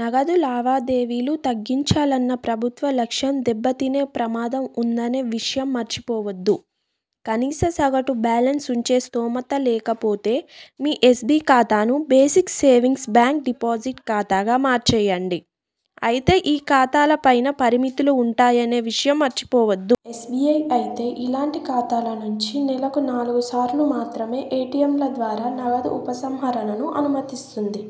నగదు లావాదేవీలు తగ్గించాలన్న ప్రభుత్వ లక్ష్యం దెబ్బతినే ప్రమాదం ఉందనే విషయం మర్చిపోవద్దు. కనీస సగటు బాలెన్స్ ఉంచే స్థోమత లేకపోతే మీ ఎస్బి ఖాతాను బేసిక్ సేవింగ్ బ్యాంక్ డిపాజిట్ ఖాతాగా మార్చేయండి. అయితే ఈ ఖాతాల పైనా పరిమితులు ఉంటాయనే విషయం మర్చిపోవద్దు. ఎస్బిఐ అయితే ఇలాంటి ఖాతాల నుంచి నెలకు నాలుగు సార్లు మాత్రమే ఎటిఎంల ద్వారా నగదు ఉపసంహరణను అనుమతిస్తోంది.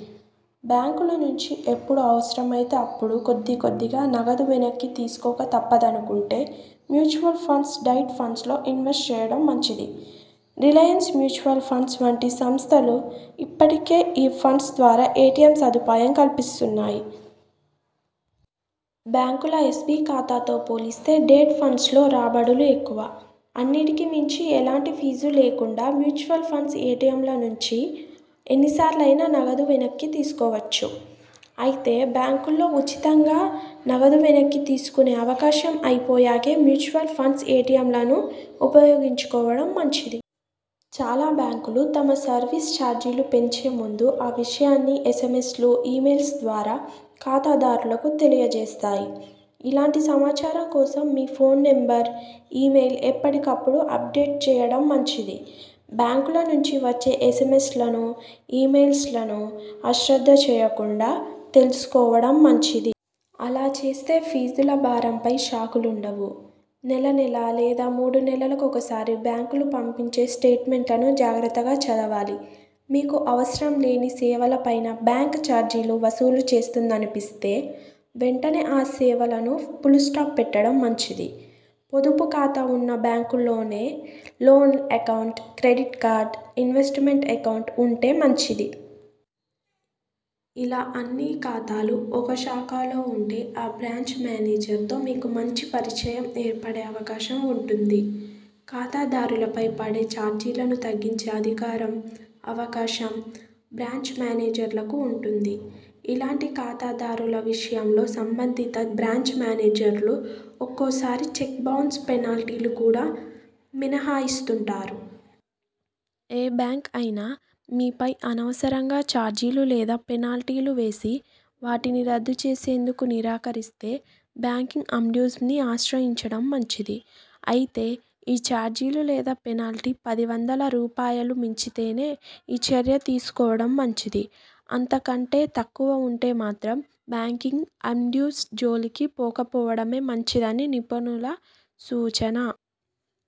బ్యాంకుల నుంచి ఎప్పుడు అవసరమైతే అప్పుడు కొద్ది కొద్దిగా నగదు వెనక్కి తీసుకోక తప్పదనుకుంటే మ్యూచువల్ ఫండ్స్ డెట్ ఫండ్స్లో ఇన్వెస్ట్ చేయడం మంచిది. రిలయన్స్ మ్యూచువల్ ఫండ్ వంటి సంస్థలు ఇప్పటికే ఈ ఫండ్స్ ద్వారా ఎటిఎం సదుపాయం కల్పిస్తున్నాయి. బ్యాంకుల ఎస్బి ఖాతాతో పోలిస్తే డెట్ ఫండ్స్లో రాబడులు ఎక్కువ. అన్నిటికి మించి ఎలాంటి ఫీజు లేకుండా మ్యూచువల్ ఫండ్స్ ఎటిఎంల నుంచి ఎన్నిసార్లయినా నగదు వెనక్కి తీసుకోవచ్చు. అయితే బ్యాంకుల్లో ఉచితంగా నగదు వెనక్కి తీసుకునే అవకాశం అయిపోయాకే మ్యూచువల్ ఫండ్స్ ఎటిఎంలను ఉపయోగించుకోవడం మంచిది. చాలా బ్యాంకులు తమ సర్వీస్ చార్జీలు పెంచే ముందు ఆ విషయాన్ని ఎస్ఎంఎ్సలు, ఇ మొయిల్స్ ద్వారా ఖాతాదారులకు తెలియ జేస్తాయి. ఇలాంటి సమాచారం కోసం మీ ఫోన్ నంబర్, ఇ మెయిల్ ఎప్పటికపుడు అప్డేట్ చేయడం మంచిది. బ్యాంకు ల నుంచి వచ్చే ఎస్ఎంఎ్సలను, ఇ మెయిల్స్ను ఆశ్రద్ధ చేయకుండా తెలుసుకోవడం మంచిది. అలా చేస్తే ఫీజుల భారంపై షాకులుండవు. నెలనెలా లేదా మూడు నెలలకు ఒకసారి బ్యాంకులు పంపించే స్టేట్మెంట్లను జాగ్రత్తగా చదవాలి. మీకు అవసరం లేని సేవలపైనా బ్యాంక్ చార్జీలు వసూలు చేస్తోందనిపిస్తే, వెంటనే ఆ సేవలకు ఫుల్స్టాప్ పెట్టడం మంచిది. పొదుపు ఖాతా ఉన్న బ్యాంక్లోనే loan account, credit card, investment account ఉంటే మంచిది. ఇలా అన్ని ఖాతాలు ఒక శాఖలో ఉంటే ఆ బ్రాంచ్ మేనేజర్తో మీకు మంచి పరిచయం ఏర్పడే అవకాశం ఉంటుంది. ఖాతా దారులపై పడే చార్జీలను తగ్గించే అధికారం, అవకాశం బ్రాంచ్ మేనేజర్లకు ఉంటుంది. ఇలాంటి ఖాతాదారుల విషయంలో సంబంధిత బ్రాంచ్ మేనేజర్లు ఒక్కోసారి చెక్ బౌన్స్ పెనాల్టీలు కూడా మినహాయిస్తుంటారు. ఏ బ్యాంక్ అయినా మీపై అనవసరంగా చార్జీలు లేదా పెనాల్టీలు వేసి, వాటిని రద్దు చేసేందుకు నిరాకరిస్తే బ్యాంకింగ్ అంబుడ్స్మన్ని ఆశ్రయించడం మంచిది. అయితే ఈ చార్జీలు లేదా పెనాల్టీ పది వందల రూపాయలు మించితేనే ఈ చర్య తీసుకోవడం మంచిది. అంత కంటే తక్కువ ఉంటే మాత్రం బ్యాంకింగ్ అంబుడ్స్మన్ జోలికి పోక పోవడమే మంచిదని నిపుణుల సూచన.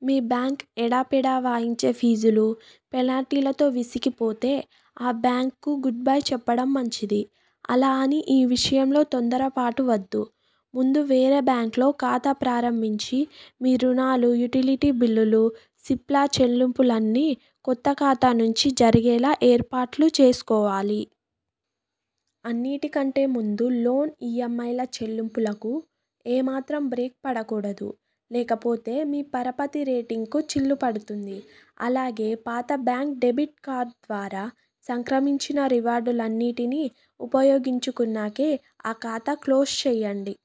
మీ బ్యాంక్ ఎడాపెడా వాయించే ఫీజులు, పెనాల్టీలతో విసిగిపోతే ఆ బ్యాంక్కు గుడ్బై చెప్పడం మంచిది. అలా అని ఈ విషయంలో తొందర పాటు వద్దు. ముందు వేరే బ్యాంక్లో ఖాతా ప్రారంభించి మీ రుణాలు, యుటిలిటీ బిల్లులు, సిప్ల చెల్లింపులన్నీ కొత్త ఖాతా నుంచి జరిగేలా ఏర్పాట్లు చేసుకోవాలి. అన్నిటికంటే ముందు లోన్ ఈంఐల చెల్లింపులకు ఏ మాత్రం బ్రేక్ పడకూడదు. లేకపోతే మీ పరపతి రేటింగ్కూ చిల్లు పడుతుంది. అలాగే పాత బ్యాంక్ డెబిట్ కార్డు ద్వారా సంక్రమించిన రివార్డులన్నింటిని ఉపయోగించుకున్నాకే ఆ ఖాతా క్లోజ్ చేయండి.